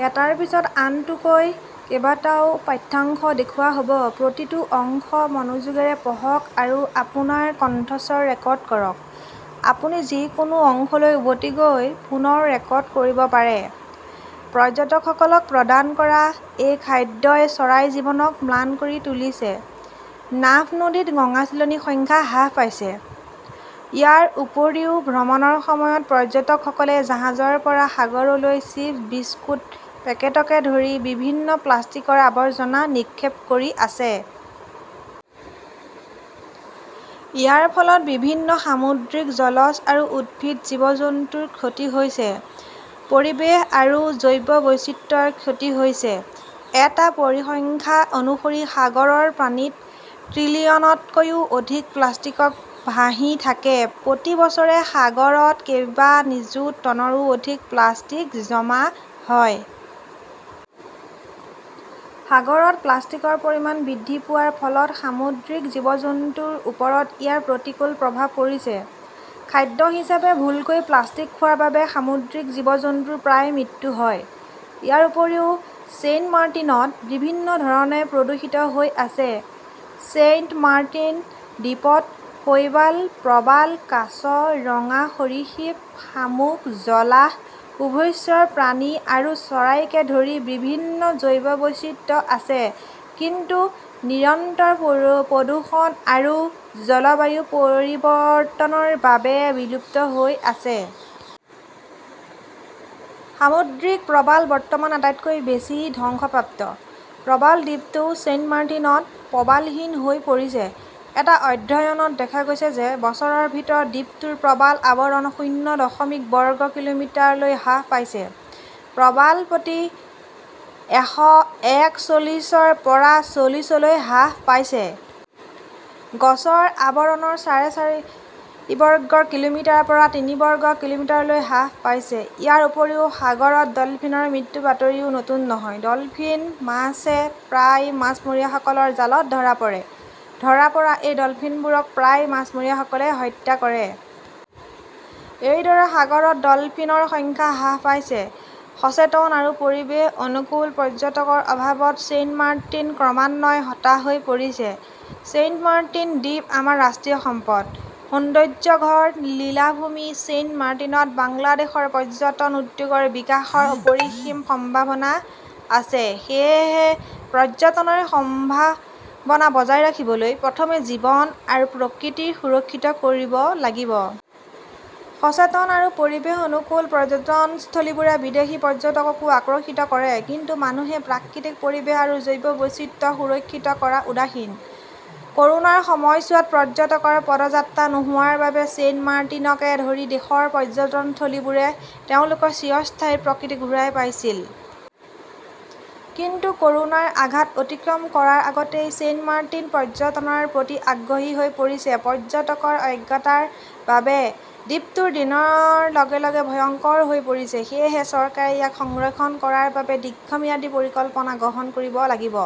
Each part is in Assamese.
পৰ্যটকসকলক প্ৰদান কৰা এই খাদ্যই চৰাইৰ জীৱনক ম্লান কৰি তুলিছে, নাফ নদীত গঙাচিলনী সংখ্যা হ্ৰাস পাইছে। ইয়াৰ উপৰিও ভ্ৰমণৰ সময়ত পৰ্যটকসকলে জাহাজৰ পৰা সাগৰলৈ চিপ, বিস্কুটৰ পেকেটকে ধৰি বিভিন্ন প্লাষ্টিকৰ আৱৰ্জনা নিক্ষেপ কৰি আছে। ইয়াৰ ফলত বিভিন্ন সামুদ্ৰিক জলজ আৰু উদ্ভিদ জীৱ-জন্তুৰ ক্ষতি হৈছে। পৰিৱেশ আৰু জৈৱ বৈচিত্ৰ্যৰ ক্ষতি হৈছে। এটা পৰিসংখ্যা অনুসৰি সাগৰৰ পানীত ট্ৰিলিয়নতকৈও অধিক প্লাষ্টিক ভাহি থাকে। প্ৰতি বছৰে সাগৰত কেইবা নিযুত টনৰো অধিক প্লাষ্টিক জমা হয়। সাগৰত প্লাষ্টিকৰ পৰিমাণ বৃদ্ধি পোৱাৰ ফলত সামুদ্ৰিক জীৱ-জন্তুৰ ওপৰত ইয়াৰ প্ৰতিকূল প্ৰভাৱ পৰিছে। খাদ্য হিচাপে ভুলকৈ প্লাষ্টিক খোৱাৰ বাবে সামুদ্ৰিক জীৱ-জন্তুৰ প্ৰায়ে মৃত্যু হয়। ইয়াৰ উপৰিও ছেইণ্টমাৰ্টিনত বিভিন্ন ধৰণে প্ৰদূষিত হৈ আছে। ছেইণ্টমাৰ্টিন দ্বীপত শৈবাল, প্ৰবাল, কাছ, ৰঙা সৰীসৃপ, শামুক, জলাহ, উভচৰ প্ৰাণী আৰু চৰাইকে ধৰি বিভিন্ন জৈৱ বৈচিত্ৰ্য আছে, কিন্তু নিৰন্তৰ প্ৰদূষণ আৰু জলবায়ু পৰিৱৰ্তনৰ বাবে বিলুপ্ত হৈ আছে। সামুদ্ৰিক প্ৰবাল বৰ্তমান আটাইতকৈ বেছি ধ্বংসপ্ৰাপ্ত। প্ৰবাল দ্বীপটো ছেইণ্টমাৰ্টিনত প্ৰবালহীন হৈ পৰিছে। এটা অধ্যয়নত দেখা গৈছে যে বছৰৰ ভিতৰত দ্বীপটোৰ প্ৰবাল আৱৰণ শূন্য দশমিক বৰ্গ কিলোমিটাৰলৈ হ্ৰাস পাইছে। প্ৰবাল প্ৰতি এশএকচল্লিছ ৰ পৰা চল্লিছলৈ হ্ৰাস পাইছে। গছৰ আৱৰণ চাৰে চাৰি বৰ্গ কিলোমিটাৰৰ পৰা তিনি বৰ্গ কিলোমিটাৰলৈ হ্ৰাস পাইছে। ইয়াৰ উপৰিও সাগৰত ডলফিনৰ মৃত্যুৰ বাতৰিও নতুন নহয়। ডলফিন মাছ প্ৰায়ে মাছমৰীয়াসকলৰ জালত ধৰা পৰে। ধৰা পৰা এই ডলফিনবোৰক প্ৰায়ে মাছমৰীয়াসকলে হত্যা কৰে। এইদৰে সাগৰত ডলফিনৰ সংখ্যা হ্ৰাস পাইছে। সচেতন আৰু পৰিৱেশ-অনুকূল পৰ্যটকৰ অভাৱত ছেইণ্টমাৰ্টিন ক্ৰমান্বয়ে হতাশ হৈ পৰিছে। ছেইণ্টমাৰ্টিন দ্বীপ আমাৰ ৰাষ্ট্ৰীয় সম্পদ। সৌন্দৰ্য্যঘৰ লীলাভূমি ছেইণ্টমাৰ্টিনত বাংলাদেশৰ পৰ্যটন উদ্যোগৰ বিকাশৰ অপৰিসীম সম্ভাৱনা আছে। সেয়েহে পৰ্যটনৰ সম্ভাৱনা বজাই ৰাখিবলৈ প্ৰথমে জীৱন আৰু প্ৰকৃতি সুৰক্ষিত কৰিব লাগিব। সচেতন আৰু পৰিৱেশ-অনুকূল পৰ্যটনস্থলীবোৰে বিদেশী পৰ্যটককো আকৰ্ষিত কৰে, কিন্তু মানুহে প্ৰাকৃতিক পৰিৱেশ আৰু জৈৱ বৈচিত্ৰ্য সুৰক্ষিত কৰাত উদাসীন । ক'ৰোনাৰ সময়ছোৱাত পৰ্যটকৰ পদযাত্ৰা নোহোৱাৰ বাবে ছেইণ্টমাৰ্টিনকে ধৰি দেশৰ পৰ্যটনস্থলীবোৰে তেওঁলোকৰ চিৰস্থায়ী প্ৰকৃতি ঘূৰাই পাইছিল। কিন্তু ক'ৰোনাৰ আঘাত অতিক্ৰম কৰাৰ আগতেই ছেইণ্টমাৰ্টিন পৰ্যটনৰ প্ৰতি আগ্ৰহী হৈ পৰিছে। পৰ্যটকৰ অজ্ঞতাৰ বাবে দ্বীপটো দিনৰ লগে লগে ভয়ংকৰ হৈ পৰিছে। সেয়েহে চৰকাৰে ইয়াক সংৰক্ষণ কৰাৰ বাবে দীৰ্ঘম্যাদী পৰিকল্পনা গ্ৰহণ কৰিব লাগিব।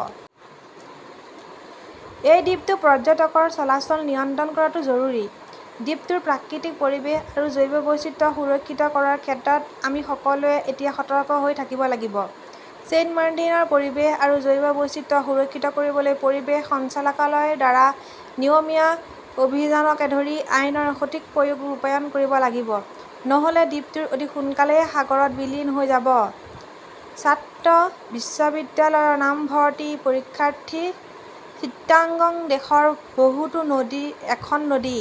এই দ্বীপত পৰ্যটকৰ চলাচল নিয়ন্ত্ৰণ কৰাটো জৰুৰী। দ্বীপটোৰ প্ৰাকৃতিক পৰিৱেশ আৰু জৈৱ বৈচিত্ৰ্য সুৰক্ষিত কৰাৰ ক্ষেত্ৰত আমি সকলোৱে এতিয়া সতৰ্ক হৈ থাকিব লাগিব। ছেইণ্টমাৰ্টিনৰ পৰিৱেশ আৰু জৈৱ বৈচিত্ৰ্য সুৰক্ষিত কৰিবলৈ পৰিৱেশ সঞ্চালকালয়ৰ দ্বাৰা নিয়মীয়া অভিযানকে ধৰি আইনৰ সঠিক প্ৰয়োগ ৰূপায়ণ কৰিব লাগিব, নহ'লে দ্বীপটো অতি সোনকালেই সাগৰত বিলীন হৈ যাব। ছাত্ৰ, বিশ্ববিদ্যালয়ৰ নামভৰ্তি পৰীক্ষাৰ্থী, চিটাগং দেশৰ বহুতো খন নদী